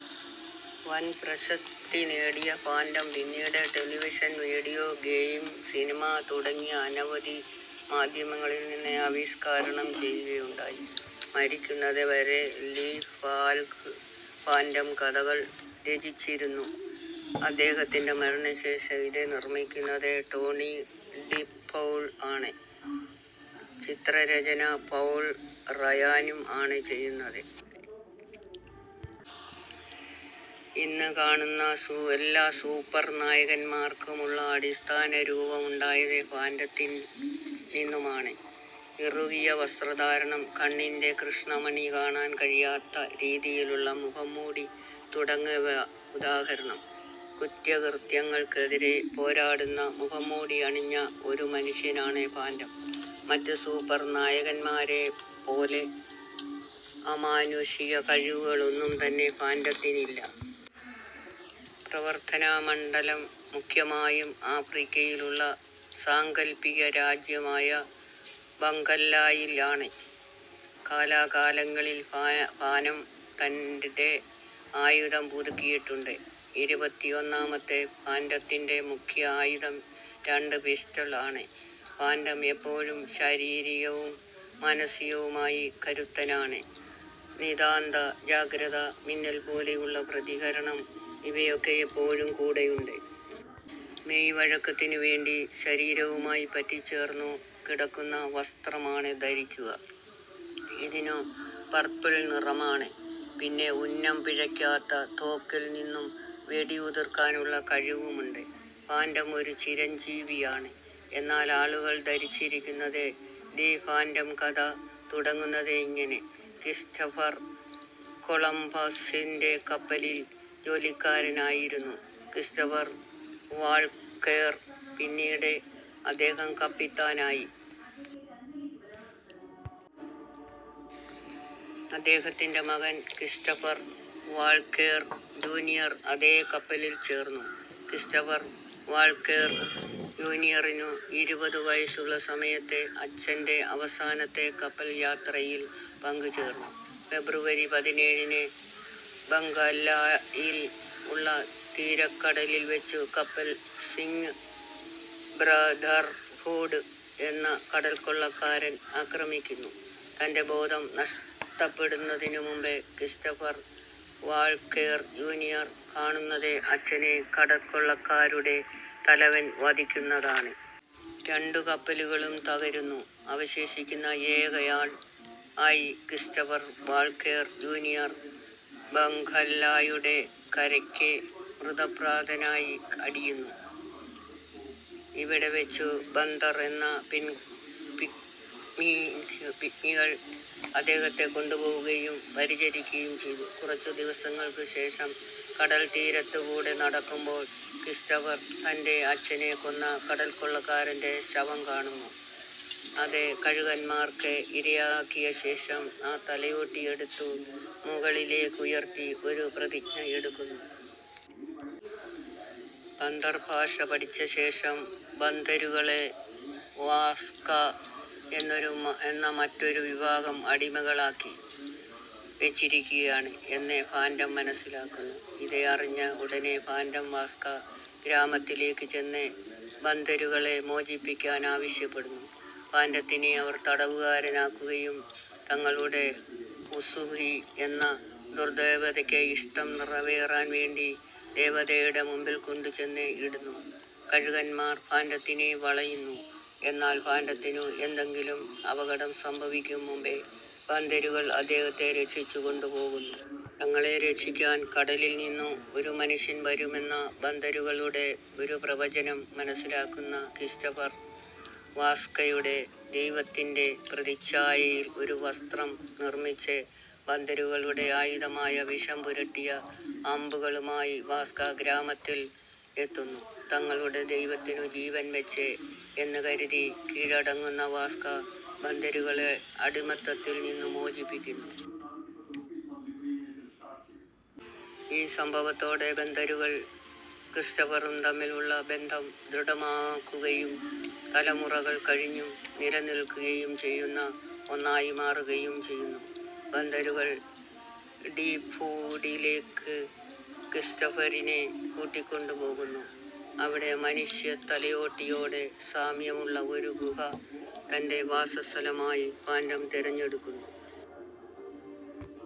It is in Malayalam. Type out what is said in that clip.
വൻ പ്രശസ്തി നേടിയ ഫാൻ്റം പിന്നീട് ടെലിവിഷൻ, വീഡിയോ ഗെയിം, സിനിമ തുടങ്ങി അനവധി മാധ്യമങ്ങളിൽ ആവിഷ്കാരണം ചെയ്യുകയുണ്ടായി. മരിക്കുന്നത് വരെ ലീ ഫാൽക് ഫാൻ്റം കഥകൾ രചിച്ചിരുന്നു. അദ്ദേഹത്തിൻ്റെ മരണശേഷം ഇത് നിർമ്മിക്കുന്നത് ടോണി ഡിപൌൾ ആണ്, ചിത്രരചന പൗൾ റയാനും ആണ് ചെയ്യുന്നത്. ഇന്ന് കാണുന്ന സൂ എല്ലാ സൂപ്പർ നായകൻമാർക്കും ഉള്ള അടിസ്ഥാന രൂപം ഉണ്ടായത് ഫാൻ്റത്തിൽ നിന്നുമാണ്. ഇറുകിയ വസ്ത്രധാരണം, കണ്ണിൻ്റെ കൃഷ്ണമണി കാണാൻ കഴിയാത്ത രീതിയിലുള്ള മുഖംമൂടി തുടങ്ങിയവ ഉദാഹരണം. കുറ്റകൃത്യങ്ങൾക്കെതിരെ പോരാടുന്ന മുഖംമൂടി അണിഞ്ഞ ഒരു മനുഷ്യനാണ് ഫാൻ്റം. മറ്റു സൂപ്പർ നായകന്മാരെ പോലെ അമാനുഷിക കഴിവുകളൊന്നും തന്നെ ഫാൻ്റത്തിനില്ല. പ്രവർത്തനാ മണ്ഡലം മുഖ്യമായും ആഫ്രിക്കയിൽ ഉള്ള സാങ്കല്പിക രാജ്യം ആയ ബംഗാല്ലായിൽ ആണ്. കാല കാലങ്ങളിൽ ഫായ ഫാനം കണ്ടിട്ടേ ആയുധം പുതുക്കിയിട്ടുണ്ട് ഇരുപത്തി ഒന്നാമത്തെ ഫാൻ്റത്തിൻ്റെ മുഖ്യ ആയുധം രണ്ട് പിസ്റ്റൾ ആണ്. ഫാൻ്റം എപ്പോഴും ശരീരികവും മാനസികവുമായി കരുത്തനാണ്, നിദാന്ത ജാഗ്രത, മിന്നൽ പോലെ ഉള്ള പ്രതികരണം ഇവയൊക്കെ എപ്പോഴും കൂടെയുണ്ട്. മെയ് വഴക്കത്തിനു വേണ്ടി ശരീരവുമായി പറ്റിച്ചേർന്നു കിടക്കുന്ന വസ്ത്രമാണ് ധരിക്കുക, ഇതിനു പർപിൾ നിറമാണ്. പിന്നെ ഉന്നം പിഴക്കാത്ത തോക്കിൽ നിന്നും വെടി ഉതിർക്കാനുള്ള കഴിവുമുണ്ട്. ഫാൻ്റം ഒരു ചിരഞ്ജീവി ആണ് എന്നാൽ ആളുകൾ ധരിച്ചിരുന്നത്. ദി ഫാൻ്റം കഥ തുടങ്ങുന്നത് ഇങ്ങനെ: ക്രിസ്റ്റഫർ കൊളംബസ്സിൻ്റെ കപ്പലിൽ ജോലിക്കാരൻ ആയിരുന്നു ക്രിസ്റ്റഫർ വാൾകേർ, പിന്നീട് അദ്ദേഹം കപ്പിത്താൻ ആയി. അദ്ദേഹത്തിൻ്റെ മകൻ ക്രിസ്റ്റഫർ വാൾകേർ ജൂനിയർ അതെ കപ്പലിൽ ചേർന്നു. ക്രിസ്റ്റഫർ വാൾകേർ ജൂനിയറിനു ഇരുപതു വയസുള്ള സമയത്ത് അച്ഛൻ്റെ അവസാനത്തെ കപ്പൽ യാത്രയിൽ പങ്കുചേർന്നു. ഫെബ്രുവരി പതിനേഴിന് ബംഗാല്ലയിൽ ഉള്ള തീര കടലിൽ വെച്ചു കപ്പൽ സിംഗ് ബ്രദർഹൂഡ് എന്ന കടൽക്കൊള്ളക്കാരൻ അക്രമിക്കുന്നു. തൻ്റെ ബോധം നഷ്ടപ്പെടുന്നതിനു മുൻപ് ക്രിസ്റ്റഫർ വാൾകേർ ജൂനിയർ കാണുന്നത് അച്ഛനെ കടൽക്കൊള്ളക്കാരുടെ തലവൻ വധിക്കുന്നത് ആണ്. രണ്ടു കപ്പലുകളും തകരുന്നു, അവശേഷിക്കുന്ന ഏക ആൾ ആയി ക്രിസ്റ്റഫർ വാൾകേർ ജൂനിയർ ബംഗാല്ലയുടെ കരയ്ക്ക് മൃതപ്രായനായി അടിയുന്നു. ഇവിടെ വെച്ചു ബന്ദർ എന്ന പിൻ പിഗ്മി പിഗ്മികൾ അദ്ദേഹത്തെ കൊണ്ട് പോകുകയും പരിചരികുകയും ചെയ്യുന്നു. കുറച്ചു ദിവസങ്ങൾക് ശേഷം കടൽ തിരത്ത് കൂടെ നടക്കുമ്പോൾ ക്രിസ്റ്റഫർ തൻ്റെ അച്ഛനെ കൊന്ന കടൽക്കൊള്ളകാരൻ്റെ ശവം കാണുന്നു, അത് കഴുകന്മാർക് ഇരയാക്കിയശേഷം, ആ തലയോട്ടി എടുത്തു മുകളിലേക് ഉയർത്തി ഒരു പ്രതിജ്ഞ എടുക്കുന്നു. ബന്ദർ ഭാഷ പഠിച്ചശേഷം ബന്ദരുകളെ വാസ്ക എന്നൊരു എന്ന മറ്റൊരു വിഭാഗം, അടിമകൾ ആക്കി വെച്ചിരിക്കുകയാണ് എന്ന് ഫാൻ്റം മനസ്സിലാക്കുന്നു. ഇത് അറിഞ്ഞ ഉടനെ ഫാൻ്റം വാസ്ക ഗ്രാമത്തിലേക് ചെന്ന് ബന്ദരുകളെ മോചിപ്പിക്കാൻ ആവശ്യപ്പെടുന്നു. ഫാൻ്റത്തിനെ അവർ തടവുകാരൻ ആക്കുകയും തങ്ങളുടെ ഉസുകി എന്ന ദുർദേവതക്ക് ഇഷ്ടം നിറവേറാൻ വേണ്ടി ദേവതയുടെ മുൻപിൽ കൊണ്ട് ചെന്ന് ഇടുന്നു, കഴുകന്മാർ ഫാൻ്റത്തിനെ വളയുന്നു എന്നാൽ ഫാൻ്റത്തിനു എന്തെകിലും അപകടം സംഭവിക്കും മുൻപേ ബന്ദരുകൾ അദ്ദേഹത്തെ രക്ഷിച്ചു കൊണ്ട് പോകുന്നു. തങ്ങളെ രക്ഷിക്കാൻ കടലിൽ നിന്നും ഒരു മനുഷ്യൻ വരും എന്ന ബന്ദരുകളുടെ ഒരു പ്രവചനം മനസ്സിലാക്കുന്ന ക്രിസ്റ്റഫർ വാസ്കയുടെ ദൈവത്തിൻ്റെ പ്രതിച്ചായയിൽ ഒരു വസ്ത്രം നിർമിച്ച് ബന്ദരുകളുടെ ആയുധമായ വിഷം പുരട്ടിയ അമ്പുകളുമായി വാസ്ക ഗ്രാമത്തിൽ എത്തുന്നു. തങ്ങളുടെ ദൈവത്തിനു ജീവൻ വെച്ച് എന്ന് കരുതി കീഴടങ്ങുന്ന വാസ്ക ബന്ദരുകളെ അടിമത്തത്തിൽ നിന്നും മോചിപ്പിക്കുന്നു. ഈ സംഭവത്തോടെ ബന്ദരുകൾ ക്രിസ്റ്റഫറും തമ്മിൽ ഉള്ള ബന്ധം ദൃഢമാക്കുകയും തലമുറകൾ കഴിഞ്ഞും നിലനിൽക്കുകയും ചെയുന്ന ഒന്നായി മാറുകയും ചെയ്യുന്നു. ബന്ദരുകൾ ഡീപൂഡിലേക്ക് ക്രിസ്റ്റഫരിനെ കൂട്ടികൊണ്ട് പോകുന്നു. അവിടെ മനുഷ്യ തലയോട്ടിയോട് സാമ്യം ഉള്ള ഒരു ഗുഹ തൻ്റെ വാസസ്ഥലമായി ഫാൻ്റം തിരഞ്ഞെടുക്കുന്നു.